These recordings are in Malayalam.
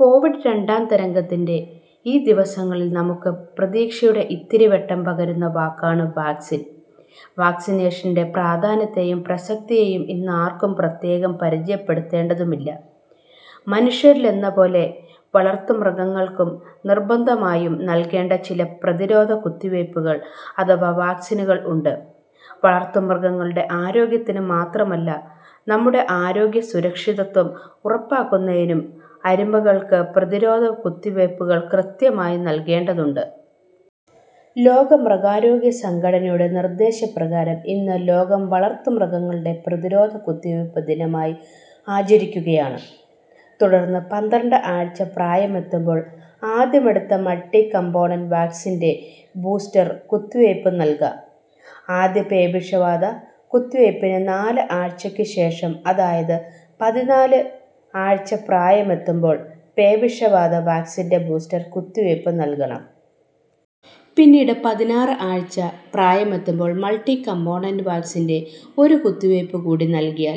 കോവിഡ് രണ്ടാം തരംഗത്തിൻ്റെ ഈ ദിവസങ്ങളിൽ നമുക്ക് പ്രതീക്ഷയുടെ ഇത്തിരിവെട്ടം പകരുന്ന വാക്കാണ് വാക്സിൻ. വാക്സിനേഷൻ്റെ പ്രാധാന്യത്തെയും പ്രസക്തിയെയും ഇന്നാർക്കും പ്രത്യേകം പരിചയപ്പെടുത്തേണ്ടതുമില്ല. മനുഷ്യരിലെന്നപോലെ വളർത്തുമൃഗങ്ങൾക്കും നിർബന്ധമായും നൽകേണ്ട ചില പ്രതിരോധ കുത്തിവയ്പുകൾ അഥവാ വാക്സിനുകൾ ഉണ്ട്. വളർത്തുമൃഗങ്ങളുടെ ആരോഗ്യത്തിന് മാത്രമല്ല നമ്മുടെ ആരോഗ്യസുരക്ഷിതത്വം ഉറപ്പാക്കുന്നതിനും അരുമകൾക്ക് പ്രതിരോധ കുത്തിവയ്പുകൾ കൃത്യമായി നൽകേണ്ടതുണ്ട്. ലോക മൃഗാരോഗ്യ സംഘടനയുടെ നിർദേശപ്രകാരം ഇന്ന് ലോകം വളർത്തുമൃഗങ്ങളുടെ പ്രതിരോധ കുത്തിവയ്പ് ദിനമായി ആചരിക്കുകയാണ്. തുടർന്ന് പന്ത്രണ്ട് ആഴ്ച പ്രായമെത്തുമ്പോൾ ആദ്യമെടുത്ത മൾട്ടി കംപോണന്റ് വാക്സിൻ്റെ ബൂസ്റ്റർ കുത്തിവയ്പ് നൽകാം. ആദ്യ പേവിഷബാധ കുത്തിവയ്പിന് നാല് ആഴ്ചക്ക് ശേഷം, അതായത് പതിനാല് ആഴ്ച പ്രായമെത്തുമ്പോൾ പേവിഷബാധ വാക്സിൻ്റെ ബൂസ്റ്റർ കുത്തിവയ്പ് നൽകണം. പിന്നീട് പതിനാറ് ആഴ്ച പ്രായമെത്തുമ്പോൾ മൾട്ടി കംപോണന്റ് വാക്സിൻ്റെ ഒരു കുത്തിവയ്പ് കൂടി നൽകിയാൽ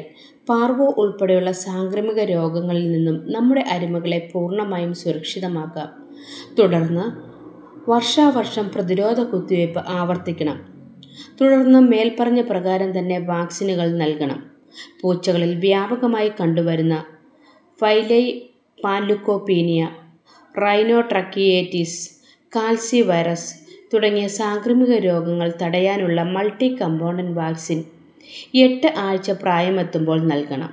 പാർവോ ഉൾപ്പെടെയുള്ള സാംക്രമിക രോഗങ്ങളിൽനിന്ന് നമ്മുടെ അരുമകളെ പൂർണമായും സുരക്ഷിതമാക്കാം. തുടർന്ന് വർഷാവർഷം പ്രതിരോധ കുത്തിവയ്പ് ആവർത്തിക്കണം. തുടർന്ന് മേൽപ്പറഞ്ഞ പ്രകാരം തന്നെ വാക്സിനുകൾ നൽകണം. പൂച്ചകളിൽ വ്യാപകമായി കണ്ടുവരുന്ന feline panleukopenia, rhinotracheitis, calicivirus തുടങ്ങിയ സാംക്രമിക രോഗങ്ങൾ തടയാനുള്ള മൾട്ടി കംപോണന്റ് വാക്സിൻ എട്ട് ആഴ്ച പ്രായമെത്തുമ്പോൾ നൽകണം.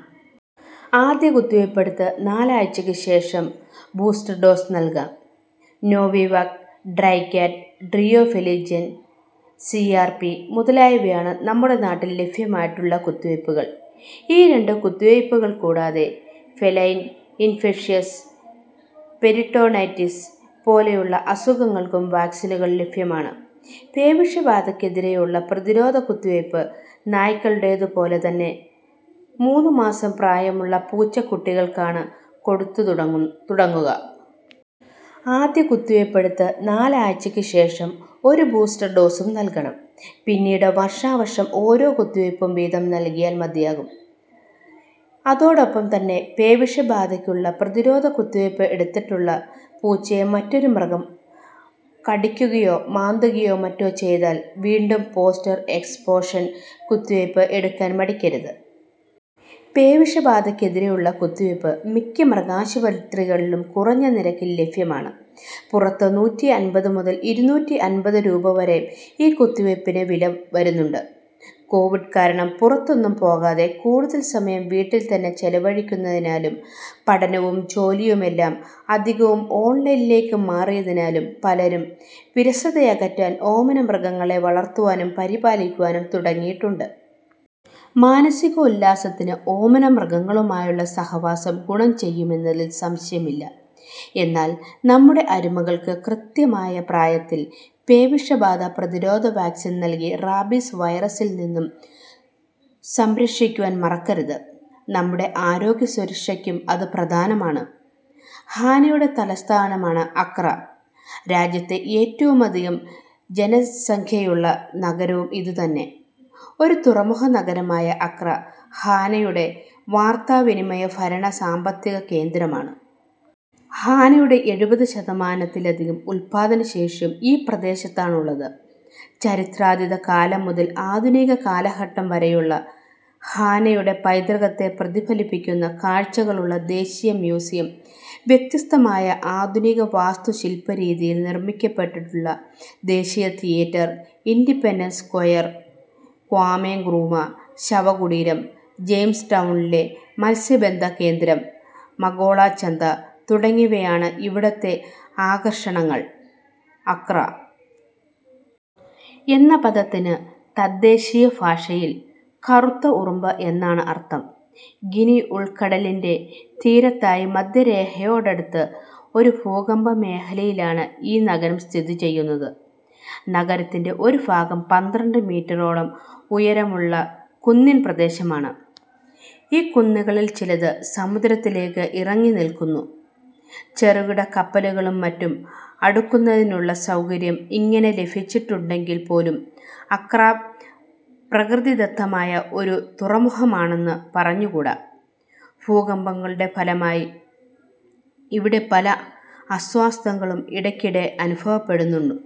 ആദ്യ കുത്തിവയ്പെടുത്ത് നാല് ആഴ്ചയ്ക്കു ശേഷം ബൂസ്റ്റർ ഡോസ് നൽകാം. Nobivac, Tricat, Trio, Feligen C R P മുതലായവയാണ് നമ്മുടെ നാട്ടിൽ ലഭ്യമായിട്ടുള്ള കുത്തിവയ്പുകൾ. ഈ രണ്ട് കുത്തിവയ്പുകൾ കൂടാതെ ഫെലൈൻ ഇൻഫെക്ഷ്യസ് പെരിട്ടോണൈറ്റിസ് പോലെയുള്ള അസുഖങ്ങൾക്കും വാക്സിനുകൾ ലഭ്യമാണ്. പേവിഷബാധയ്‌ക്കെതിരെയുള്ള പ്രതിരോധ കുത്തിവയ്പ് നായ്ക്കളുടേത് പോലെ തന്നെ മൂന്ന് മാസം പ്രായമുള്ള പൂച്ചക്കുട്ടികൾക്കാണ് കൊടുത്തുതുടങ്ങു തുടങ്ങുക. ആദ്യ കുത്തിവയ്പെടുത്ത് നാല് ആഴ്ചകൾക്കു ശേഷം ഒരു ബൂസ്റ്റർ ഡോസും നൽകണം. പിന്നീട് വർഷാവർഷം ഓരോ കുത്തിവയ്പ് വീതം നൽകിയാൽ മതിയാകും. അതോടൊപ്പം തന്നെ പേവിഷബാധയ്ക്കുള്ള പ്രതിരോധ കുത്തിവയ്പ് എടുത്തിട്ടുള്ള പൂച്ചയെ മറ്റൊരു മൃഗം കടിക്കുകയോ മാന്തുകയോ മറ്റോ ചെയ്താൽ വീണ്ടും പോസ്റ്റർ എക്സ്പോഷർ കുത്തിവയ്പ് എടുക്കാൻ മടിക്കരുത്. പേവിഷബാധയ്‌ക്കെതിരെയുള്ള കുത്തിവയ്പ് മിക്ക മൃഗാശുപത്രികളിലും കുറഞ്ഞ നിരക്കിൽ ലഭ്യമാണ്. പുറത്ത് നൂറ്റിയമ്പത് മുതൽ ഇരുന്നൂറ്റമ്പത് രൂപ വരെ ഈ കുത്തിവയ്പിന് വില വരുന്നുണ്ട്. കോവിഡ് കാരണം പുറത്തൊന്നും പോകാതെ കൂടുതൽ സമയം വീട്ടിൽ തന്നെ ചെലവഴിക്കുന്നതിനാലും പഠനവും ജോലിയുമെല്ലാം അധികവും ഓൺലൈനിലേക്ക് മാറിയതിനാലും പലരും വിരസതയകറ്റാൻ ഓമനമൃഗങ്ങളെ വളർത്തുവാനും പരിപാലിക്കാനും തുടങ്ങിയിട്ടുണ്ട്. മാനസികോല്ലാസത്തിന് ഓമനമൃഗങ്ങളുമായുള്ള സഹവാസം ഗുണം ചെയ്യുമെന്നതിൽ സംശയമില്ല. എന്നാൽ നമ്മുടെ അരുമകൾക്ക് കൃത്യമായ പ്രായത്തിൽ പേവിഷബാധ പ്രതിരോധ വാക്സിൻ നൽകി റാബീസ് വൈറസിൽനിന്ന് സംരക്ഷകുവാൻ മറക്കരുത്. നമ്മുടെ ആരോഗ്യസുരക്ഷയ്ക്കും അത് പ്രധാനമാണ്. ഘാനയുടെ തലസ്ഥാനമാണ് അക്ര. രാജ്യത്തെ ഏറ്റവുമധികം ജനസംഖ്യയുള്ള നഗരവും ഇതുതന്നെ. ഒരു തുറമുഖനഗരമായ അക്ര ഘാനയുടെ വാർത്താവിനിമയ, ഭരണ, സാമ്പത്തിക കേന്ദ്രമാണ്. ഘാനയുടെ എഴുപത് ശതമാനത്തിലധികം ഉത്പാദന ശേഷിയും ഈ പ്രദേശത്താണുള്ളത്. ചരിത്രാതീതകാലം മുതൽ ആധുനിക കാലഘട്ടം വരെയുള്ള ഘാനയുടെ പൈതൃകത്തെ പ്രതിഫലിപ്പിക്കുന്ന കാഴ്ചകളുള്ള ദേശീയ മ്യൂസിയം, വ്യത്യസ്തമായ ആധുനിക വാസ്തുശിൽപരീതിയിൽ നിർമ്മിക്കപ്പെട്ടിട്ടുള്ള ദേശീയ theatre, Independence Square, Kwame Nkrumah ശവകുടീരം, ജെയിംസ്ടൗണിലെ മത്സ്യബന്ധന കേന്ദ്രം, മകോള ചന്ത തുടങ്ങിയവയാണ് ഇവിടുത്തെ ആകർഷണങ്ങൾ. അക്രാ എന്ന പദത്തിന് തദ്ദേശീയഭാഷയിൽ കറുത്ത ഉറുമ്പ് എന്നാണ് അർഥം. ഗിനി ഉൾക്കടലിൻ്റെ തീരത്തായി മധ്യരേഖയോടടുത്ത് ഒരു ഫൂകമ്പമേഖലയിലാണ് ഈ നഗരം സ്ഥിതിചെയ്യുന്നത്. നഗരത്തിൻ്റെ ഒരു ഭാഗം പന്ത്രണ്ട് മീറ്ററോളം ഉയരമുള്ള കുന്നിൻ പ്രദേശമാണ്. ഈ കുന്നുകളിൽ ചിലത് സമുദ്രത്തിലേക്ക് ഇറങ്ങിനിൽക്കുന്നു. ചെറുകിട കപ്പലുകളും മറ്റും അടുക്കുന്നതിനുള്ള സൗകര്യം ഇങ്ങനെ ലഫിച്ചിട്ടുണ്ടെങ്കിൽപ്പോലും അക്രാ പ്രകൃതിദത്തമായ ഒരു തുറമുഖമാണെന്ന് പറഞ്ഞുകൂടാ. ഭൂകമ്പങ്ങളുടെ ഫലമായി ഇവിടെ പല അസ്വാസ്ഥ്യങ്ങളും ഇടയ്ക്കിടെ അനുഭവപ്പെടുന്നു.